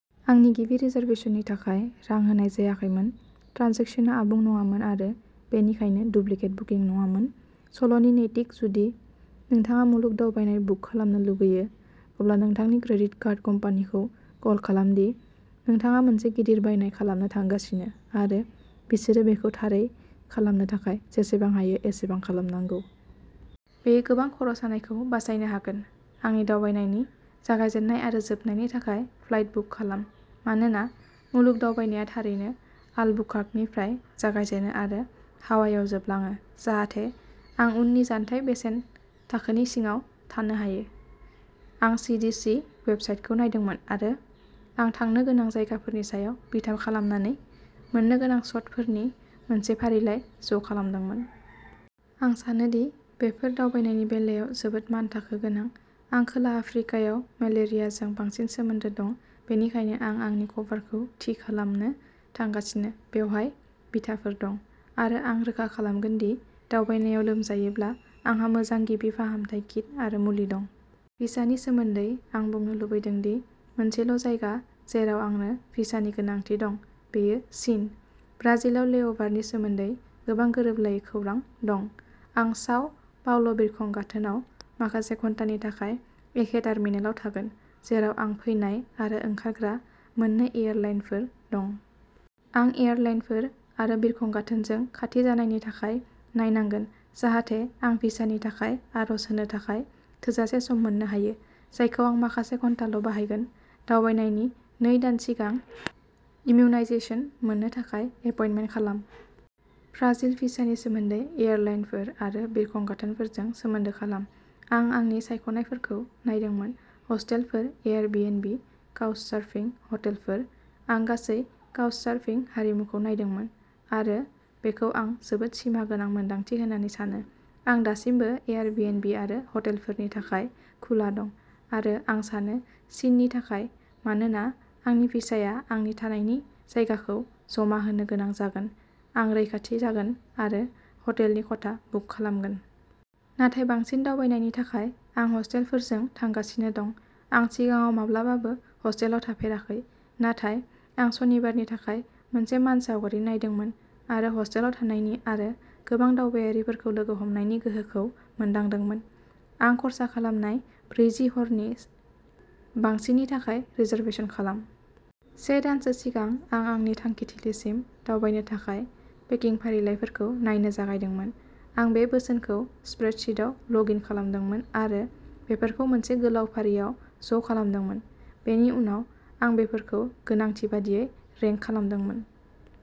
आंनि गिबि रिजार्भेशननि थाखाय रां होनाय जायाखैमोन ट्रेन्जेकसनआ आबुं नङामोन आरो बेनिखायनो डुप्लिकेट बुकिं नङामोन। सल'नि नैतिक जुदि नोंथाङा मुलुग दावबायनाय बुक खालामनो लुगैयो अब्ला नोंथांनि क्रेडिट कार्ड कम्पानिखौ कल खालाम दि नोंथाङा मोनसे गिदिर बायनाय खालामनो थांगासिनो आरो बिसोरो बेखौ थारै खालामनो थाखाय जेसेबां हायो एसेबां खालामनांगौ। बेयो गोबां खर'सानायखौ बासायनो हागोन। आंनि दावबायनायनि जागायजेन्नाय आरो जोबनायनि थाखाय फ्लाइट बुक खालाम मानोना मुलुग दावबायनायआ थारैनो अल्बुकार्कनिफ्राय जागायजेनो आरो हावाइआव जोबलाङो जाहाथे आं उननि जानथाय बेसेन थाखोनि सिङाव थानो हायो। आं सि डि सि वेबसाइटखौ नायदोंमोन आरो आं थांनो गोनां जायगाफोरनि सायाव बिथा खालामनानै मोन्नो गोनां शटफोरनि मोनसे फारिलाइ ज'खालामदोंमोन। आं सानो दि बेफोर दावबायनायनि बेलायाव जोबोद मानथाखो गोनां। आं खोला आफ्रिकायाव मेलेरियाजों बांसिन सोमोनदो दं बेनिखायनो आं आंनि कभारखौ थि खालामनो थांगासिनो बेवहाय बिथाफोर दं। आरो आं रोखा खालामगोन दि दावबायनायाव लोमजायोब्ला आंहा मोजां गिबि फाहामथाय किट आरो मुलि दं। भिसानि सोमोन्दै आं बुंनो लुबैदों दि मोनसेल'जायगा जेराव आंनो भिसानि गोनांथि दं बेयो चीन। ब्राजिलाव लेअ'भारनि सोमोन्दै गोबां गोरोबलायै खौरां दं। आं साव पाउल'बिरखं गाथोनाव माखासे घन्टानि थाखाय एखे टार्मिनेलाव थागोन जेराव आं फैनाय आरो ओंखारग्रा मोन्नै एयारलाइनफोर दं। आं एयारलाइनफोर आरो बिरखं गाथोनजों खाथि जानायनि थाखाय नायनांगोन जाहाथे आं भिसानि थाखाय आर'ज होनो थाखाय थोजासे सम मोननो हायो जायखौ आं माखासे घन्टाल' बाहायगोन। दावबायनायनि नै दान सिगां इमिउनायजेसन मोननो थाखाय एपइन्टमेन्ट खालाम। ब्राजिल भिसानि सोमोन्दै एयारलाइनफोर आरो बिरखं गाथोनफोरजों सोमोन्दो खालाम। आं आंनि सायख'नायफोरखौ नायदोंमोन हस्टेलफोर एयारबिएनबि काउचसार्फिं हटेलफोर। आं गासै काउचसार्फिं हारिमुखौ नायदोंमोन आरो बेखौ आं जोबोद सिमा गोनां मोनदांथि होननानै सानो। आं दासिमबो एयारबिएनबि आरो हटेलफोरनि थाखाय खुला दं आरो आं सानो चिननि थाखाय मानोना आंनि भिसाया आंनि थानायनि जायगाखौ जमा होनो गोनां जागोन आं रैखाथि जागोन आरो हटेलनि खथा बुक खालामगोन। नाथाय बांसिन दावबायनायनि थाखाय आं हस्टेलफोरजों थांगासिनो दं। आं सिगाङाव माब्लाबाबो हस्टेलाव थाफेराखै नाथाय आं सनिबारनि थाखाय मोनसे मानसावगारि नायदोंमोन आरो हस्टेलाव थानायनि आरो गोबां दावबायारिफोरखौ लोगो हमनायनि गोहोखौ मोनदांदोंमोन। आं खर्सा खालामनाय ब्रैजि हरनि बांसिननि थाखाय रिजार्भेसन खालाम। से दानसो सिगां आं आंनि थांखिथिलिसिम दावबायनो थाखाय पेकिं फारिलाइफोरखौ नायनो जागायदोंमोन। आं बे बोसोनखौ स्प्रेडशीटआव लग इन खालामदोंमोन आरो बेफोरखौ मोनसे गोलाव फारियाव ज'खालामदोंमोन। बेनि उनाव आं बेफोरखौ गोनांथि बायदियै रेंक खालामदोंमोन।